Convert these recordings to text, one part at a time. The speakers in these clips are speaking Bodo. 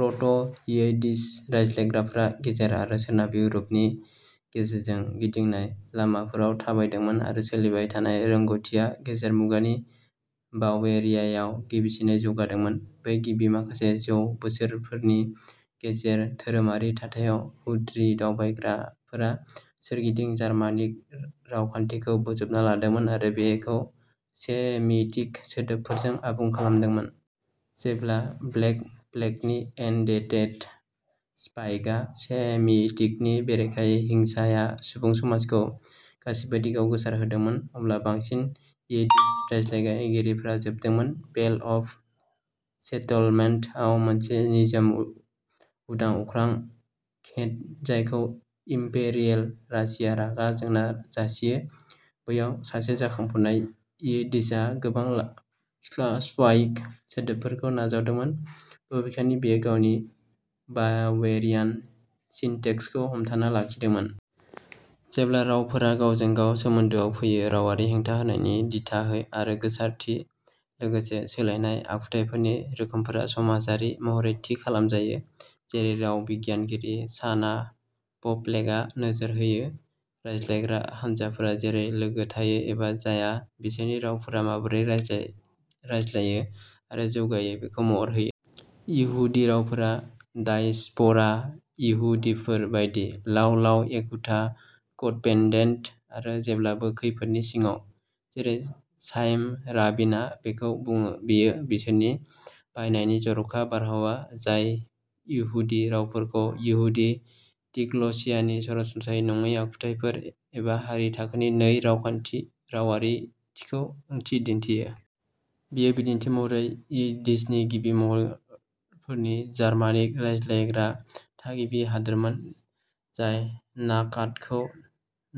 प्र'ट'- यिडिश रायज्लायग्राफोरा गेजेर आरो सोनाब इउर'पनि गेजेरजों गिदिंनाय लामाफोराव थाबायदोंमोन, आरो सोलिबाय थानाय रोंग'थिआ गेजेर मुगानि बावेरियायाव गिबिसिनै जौगादोंमोन। बै गिबि माखासे जौ बोसोरफोरनि गेजेर-धोरोमारि थाथायाव, इहुदि दावबायग्राफोरा सोरगिदिं जार्मानिक रावखान्थिखौ बोजबना लादोंमोन आरो बेखौ सेमिटिक सोदोबफोरजों आबुं खालामदोंमोन। जेब्ला ब्लेक प्लेगनि एटेन्डेन्ट स्पाइकआ सेमिटिकनि बेरेखायै हिंसाया सुबुं समाजखौ गासैबो दिगाव गोसारहोदोंमोन, अब्ला बांसिन यिडिश रायज्लायगिरिफोरा जोबदोंमोन। "पेल अफ सेटलमेन्ट" आव, मोनसे निजोम, उदां-अख्रां घेट्ट'जायखौ इम्पेरियेल रासिया रागा जोंना जासियो। बैयाव, सासे जाखांफुनाय यिद्दिशआ गोबां स्लाविक सोदोबफोरखौ नाजावदोंमोन, बबेखानि बेयो गावनि बावेरियान सिनटेक्सखौ हमथाना लाखिदोंमोन। जेब्ला रावफोरा गावजों गाव सोमोन्दोआव फैयो, "रावारि हेंथा होनायनि दिथा आरो गोसारथि, लोगोसे सोलायनाय आखुथायफोरनि रोखोमफोरा समाजारि महरै थि खालामजायो", जेरै राव बिगियानगिरि शाना प'प्लेकआ नोजोर होयो; रायज्लायग्रा हानजाफोरा जेरै लोगो-थायो-एबा जाया-बिसोरनि रावफोरा माबोरै रायज्लायो आरो जौगायो बेखौ महर होयो। इहुदि रावफोरा डायस्प'रा इहुदिफोर बायदिः लावलाव, एखुथा, कोडपेन्डेन्ट, आरो जेब्लाबो खैफोदनि सिङाव। जेरै चाइम राबिनआ बेखौ बुङो, बेयो बिसोरनि बाहायनायनि "जर'खा बारहावा" जाय इहुदि रावफोरखौ, इहुदि डिग्ल'सियानि सरासनस्रा नङै आखुथायफोर, एबा हारि-थाखोनि नै-रावारिथिखौ ओंथि दिन्थियो। बेयो बिदिन्थि महरै, यिद्दिशनि गिबि महरफोरनि जार्मानिक रायज्लायग्रा थागिबि हादोरमोन, जाय नाखातखौ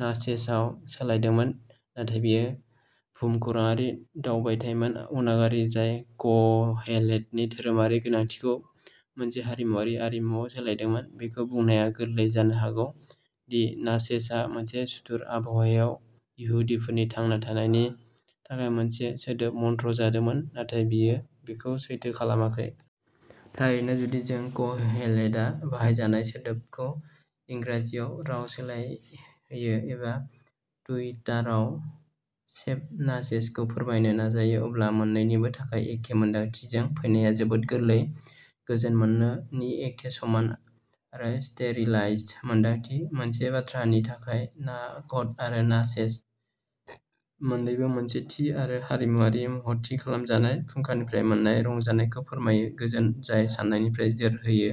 नाचेसआव सोलायदोंमोन। नाथाय बेयो भुमखौराङारि दावबायथायमोन अनागारि, जाय क'हेलेटनि धोरोमारि गोनांथिखौ मोनसे हारिमुआरि आरिमुवाव सोलायदोंमोन। बेखौ बुंनाया गोरलै जानो हागौ दि नाचेसआ मोनसे सुथुर आबहावायाव इहुदिफोरनि थांना थानायनि थाखाय मोनसे सोदोब मन्त्र जादोंमोन, नाथाय बेयो बेखौ सैथो खालामाखै। थारैनो, जुदि जों क'हेलेटआ बाहायजानाय सोदोबखौ इंराजियाव रावस्लायहोयो-एबा टुइटाराव शेप नाचेसखौ फोरमायनो नाजायो-अब्ला मोन्नैनिबो थाखाय एखे मोन्दांथिजों फैनाया जोबोद गोरलै, "गोजोन मोननो" नि एखे समान आरो स्टेरिलाइज्ड मोनदांथि। मोनसे बाथ्रानि थाखाय, नाखट आरो नाचेस मोन्नैबो मोनसे थि आरो हारिमुआरि महरै थि खालामजानाय फुंखानिफ्राय मोन्नाय रंजानायखौ फोरमायोः गोजोन जाय सानायनिफ्राय जोरहोयो,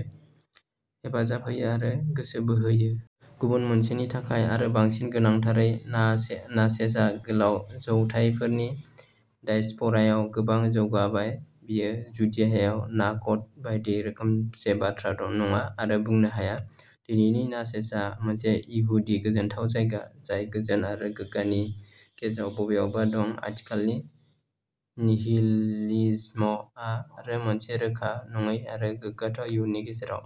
हेफाजाब होयो, आरो गोसो बोहोयो। गुबुन मोनसेनि थाखाय, आरो बांसिन गोनांथारै, नाचेसआ गोलाव जौथायफोरनि डायस्प'रायाव गोबां जौगाबाय; बेयो जुडियायाव नाखट बायदि रोखोमसे बाथ्रा नङा, आरो बुंनो हाया। दिनैनि नाचेसआ मोनसे इहुदि गोजोनथाव जायगा, जाय गोजोन आरो गोग्गानि गेजेराव बबेयावबा दं, आथिखालनि निहिलिज्म आरो मोनसे रोखा नङै आरो गोग्गाथाव इयुननि गेजेराव।